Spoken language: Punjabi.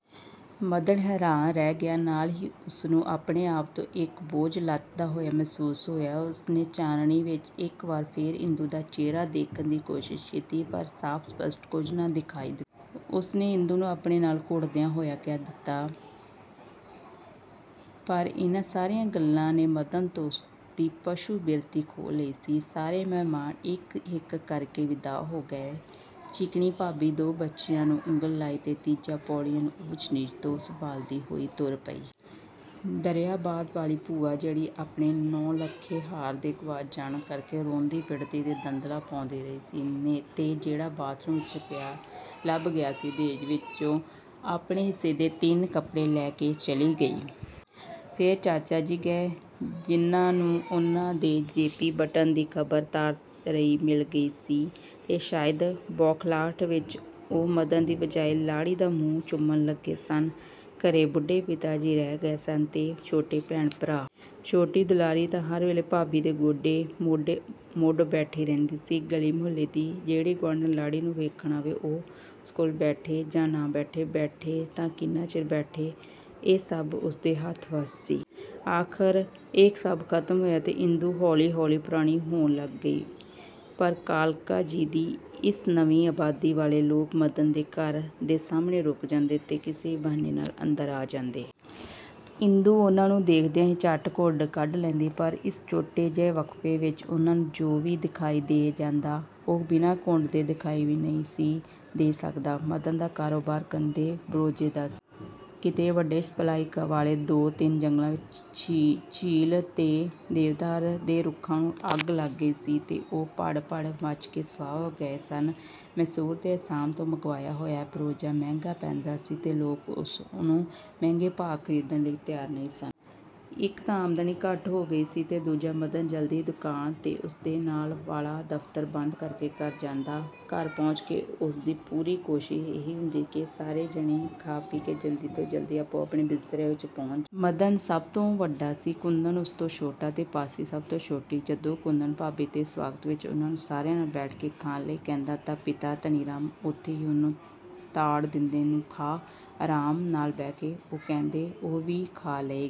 " ਮਦਨ ਹੈਰਾਨ ਰਹਿ ਗਿਆ। ਨਾਲ ਹੀ ਉਸਨੂੰ ਆਪਣੇ ਆਪ ਤੋਂ ਇਕ ਬੋਝ ਲੱਥਦਾ ਹੋਇਆ ਮਹਿਸੂਸ ਹੋਇਆ। ਉਸਨੇ ਚਾਨਣੀ ਵਿਚ ਇਕ ਵਾਰ ਫੇਰ ਇੰਦੂ ਦਾ ਚਿਹਰਾ ਦੇਖਣ ਦੀ ਕੋਸ਼ਿਸ਼ ਕੀਤੀ, ਪਰ ਸਾਫ ਸਪਸ਼ਟ ਕੁਝ ਨਾ ਦਿਖਾਈ ਦਿਤਾ। ਉਸਨੇ ਇੰਦੂ ਨੂੰ ਆਪਣੇ ਨਾਲ ਘੁੱਟਦਿਆਂ ਹੋਇਆਂ ਕਿਹਾ-"ਦਿੱਤਾ। " ਪਰ ਇਹਨਾਂ ਸਾਰੀਆਂ ਗੱਲਾਂ ਨੇ ਮਦਨ ਤੋਂ ਉਸਦੀ ਪਸ਼ੂ ਬਿਰਤੀ ਖੋਹ ਲਈ ਸੀ। ਸਾਰੇ ਮਹਿਮਾਨ ਇਕ ਇਕ ਕਰਕੇ ਵਿਦਾਅ ਹੋ ਗਏ। ਚਿਕਨੀ ਭਾਬੀ ਦੋ ਬੱਚਿਆਂ ਨੂੰ ਉਂਗਲ ਲਾਈ ਤੇ ਤੀਜਾ ਪੌੜੀਆਂ ਦੀ ਊਚ ਨੀਚ ਤੋਂ ਸੰਭਾਲਦੀ ਹੋਈ ਤੁਰ ਗਈ। ਦਰਿਆਬਾਦ ਵਾਲੀ ਭੂਆ, ਜਿਹੜੀ ਆਪਣੇ ਨੌਲੱਖੇ ਹਾਰ ਦੇ ਗਵਾਚ ਜਾਣ ਕਰਕੇ, ਰੋਂਦੀ–ਪਿੱਟਦੀ ਤੇ ਦੰਦਲਾਂ ਪਾਉਂਦੀ ਰਹੀ ਸੀ, ਤੇ ਜਿਹੜਾ ਬਾਥਰੂਮ ਵਿਚ ਪਿਆ ਲੱਭ ਗਿਆ ਸੀ, ਦਹੇਜ ਵਿਚੋਂ ਆਪਣੇ ਹਿੱਸੇ ਦੇ ਤਿੰਨ ਕਪੜੇ ਲੈ ਕੇ ਚਲੀ ਗਈ। ਫੇਰ ਚਾਚਾਜੀ ਗਏ, ਜਿਹਨਾਂ ਨੂੰ ਉਹਨਾਂ ਦੇ ਜੇ. ਪੀ. ਬਣਨ ਦੀ ਖ਼ਬਰ ਤਾਰ ਰਾਹੀਂ ਮਿਲ ਗਈ ਸੀ ਤੇ ਸ਼ਾਇਦ ਬੌਖ਼ਲਾਹਟ ਵਿਚ ਉਹ ਮਦਨ ਦੀ ਬਜਾਏ ਲਾੜੀ ਦਾ ਮੂੰਹ ਚੁੰਮਣ ਲੱਗੇ ਸਨ। ਘਰੇ ਬੁੱਢੇ ਪਿਤਾ ਜੀ ਰਹਿ ਗਏ ਸਨ ਤੇ ਛੋਟੇ ਭੈਣ ਭਰਾ। ਛੋਟੀ ਦੁਲਾਰੀ ਤਾਂ ਹਰ ਵੇਲੇ ਭਾਬੀ ਦੇ ਗੋਡੇ ਮੁੱਢ ਬੈਠੀ ਰਹਿੰਦੀ ਸੀ। ਗਲੀ–ਮੁਹੱਲੇ ਦੀ ਜਿਹੜੀ ਗੁਆਂਢਣ ਲਾੜੀ ਨੂੰ ਵੇਖਣ ਆਵੇ ਉਹ, ਉਸ ਕੋਲ ਬੈਠੇ ਜਾਂ ਨਾ ਬੈਠੇ, ਬੈਠੇ ਤਾਂ ਕਿੰਨਾ ਚਿਰ ਬੈਠੇ, ਇਹ ਸਭ ਉਸਦੇ ਹੱਥ–ਵੱਸ ਸੀ। ਆਖ਼ਰ ਇਹ ਸਭ ਖ਼ਤਮ ਹੋਇਆ ਤੇ ਇੰਦੂ ਹੌਲੀ–ਹੌਲੀ ਪੁਰਾਣੀ ਹੋਣ ਲੱਗ ਪਈ। ਪਰ ਕਾਲਕਾ ਜੀ ਦੀ ਇਸ ਨਵੀਂ ਆਬਾਦੀ ਵਾਲੇ ਲੋਕ ਮਦਨ ਦੇ ਘਰ ਦੇ ਸਾਹਮਣੇ ਰੁਕ ਜਾਂਦੇ ਤੇ ਕਿਸੇ ਵੀ ਬਹਾਨੇ ਨਾਲ ਅੰਦਰ ਆ ਜਾਂਦੇ। ਇੰਦੂ ਉਹਨਾਂ ਨੂੰ ਦੇਖਦਿਆਂ ਹੀ ਝੱਟ ਘੁੰਡ ਕੱਢ ਲੈਂਦੀ। ਪਰ ਇਸ ਛੋਟੇ ਜਿਹੇ ਵਕਫ਼ੇ ਵਿਚ ਉਹਨਾਂ ਨੂੰ ਜੋ ਵੀ ਦਿਖਾਈ ਦੇ ਜਾਂਦਾ, ਉਹ ਬਿਨਾਂ ਘੁੰਡ ਦੇ ਦਿਖਾਈ ਵੀ ਨਹੀਂ ਸੀ ਦੇ ਸਕਦਾ। ਮਦਨ ਦਾ ਕਾਰੋਬਾਰ ਗੰਦੇ ਬਰੋਜੇ ਦਾ ਸੀ। ਕਿਤੇ ਵੱਡੀ ਸਪਲਾਈ ਵਾਲੇ ਦੋ ਤਿੰਨ ਜੰਗਲਾਂ ਵਿਚ ਚੀਲ ਦੇ ਦੇਵਦਾਰ ਦੇ ਰੁੱਖਾਂ ਨੂੰ ਅੱਗ ਲੱਗ ਗਈ ਸੀ ਤੇ ਉਹ ਭੜ–ਭੜ ਮੱਚ ਕੇ ਸਵਾਹ ਹੋ ਗਏ ਸਨ। ਮੈਸੂਰ ਤੇ ਆਸਾਮ ਤੋਂ ਮੰਗਵਾਇਆ ਹੋਇਆ ਬਰੋਜਾ ਮਹਿੰਗਾ ਪੈਂਦਾ ਸੀ ਤੇ ਲੋਕ ਉਸਨੂੰ ਮਹਿੰਗੇ ਭਾਅ ਖ਼ਰੀਦਨ ਲਈ ਤਿਆਰ ਨਹੀਂ ਸਨ। ਇਕ ਤਾਂ ਆਮਦਨੀ ਘੱਟ ਹੋ ਗਈ ਸੀ, ਤੇ ਦੂਜਾ ਮਦਨ ਜਲਦੀ ਹੀ ਦੁਕਾਨ ਤੇ ਉਸਦੇ ਨਾਲ ਵਾਲਾ ਦਫ਼ਤਰ ਬੰਦ ਕਰਕੇ ਘਰ ਆ ਜਾਂਦਾ। ਘਰ ਪਹੁੰਚ ਕੇ ਉਸਦੀ ਪੂਰੀ ਕੋਸ਼ਿਸ਼ ਇਹੀ ਹੁੰਦੀ ਕਿ ਸਾਰੇ ਜਣੇ ਖਾ ਪੀ ਕੇ ਜਲਦੀ ਤੋਂ ਜਲਦੀ ਆਪੋ–ਆਪਣੇ ਬਿਸਤਰਿਆਂ ਵਿਚ ਪਹੁੰਚ ਜਾਣ। ਮਦਨ ਸਭ ਤੋਂ ਵੱਡਾ ਸੀ। ਕੁੰਦਨ ਉਸ ਤੋਂ ਛੋਟਾ ਤੇ ਪਾਸ਼ੀ ਸਭ ਤੋਂ ਛੋਟੀ। ਜਦੋਂ ਕੁੰਦਨ ਭਾਬੀ ਦੇ ਸਵਾਗਤ ਵਿਚ ਉਸਨੂੰ ਸਾਰਿਆਂ ਨਾਲ ਬੈਠ ਕੇ ਖਾਣ ਲਈ ਕਹਿੰਦਾ ਤਾਂ ਪਿਤਾ ਧਨੀਰਾਮ ਉੱਥੇ ਹੀ ਉਹਨੂੰ ਤਾੜ ਦਿੰਦੇ-"ਤੂੰ ਖਾਹ, ਆਰਾਮ ਨਾਲ ਬਹਿਕੇ," ਉਹ ਕਹਿੰਦੇ, "ਉਹ ਵੀ ਖਾ ਲਏਗੀ।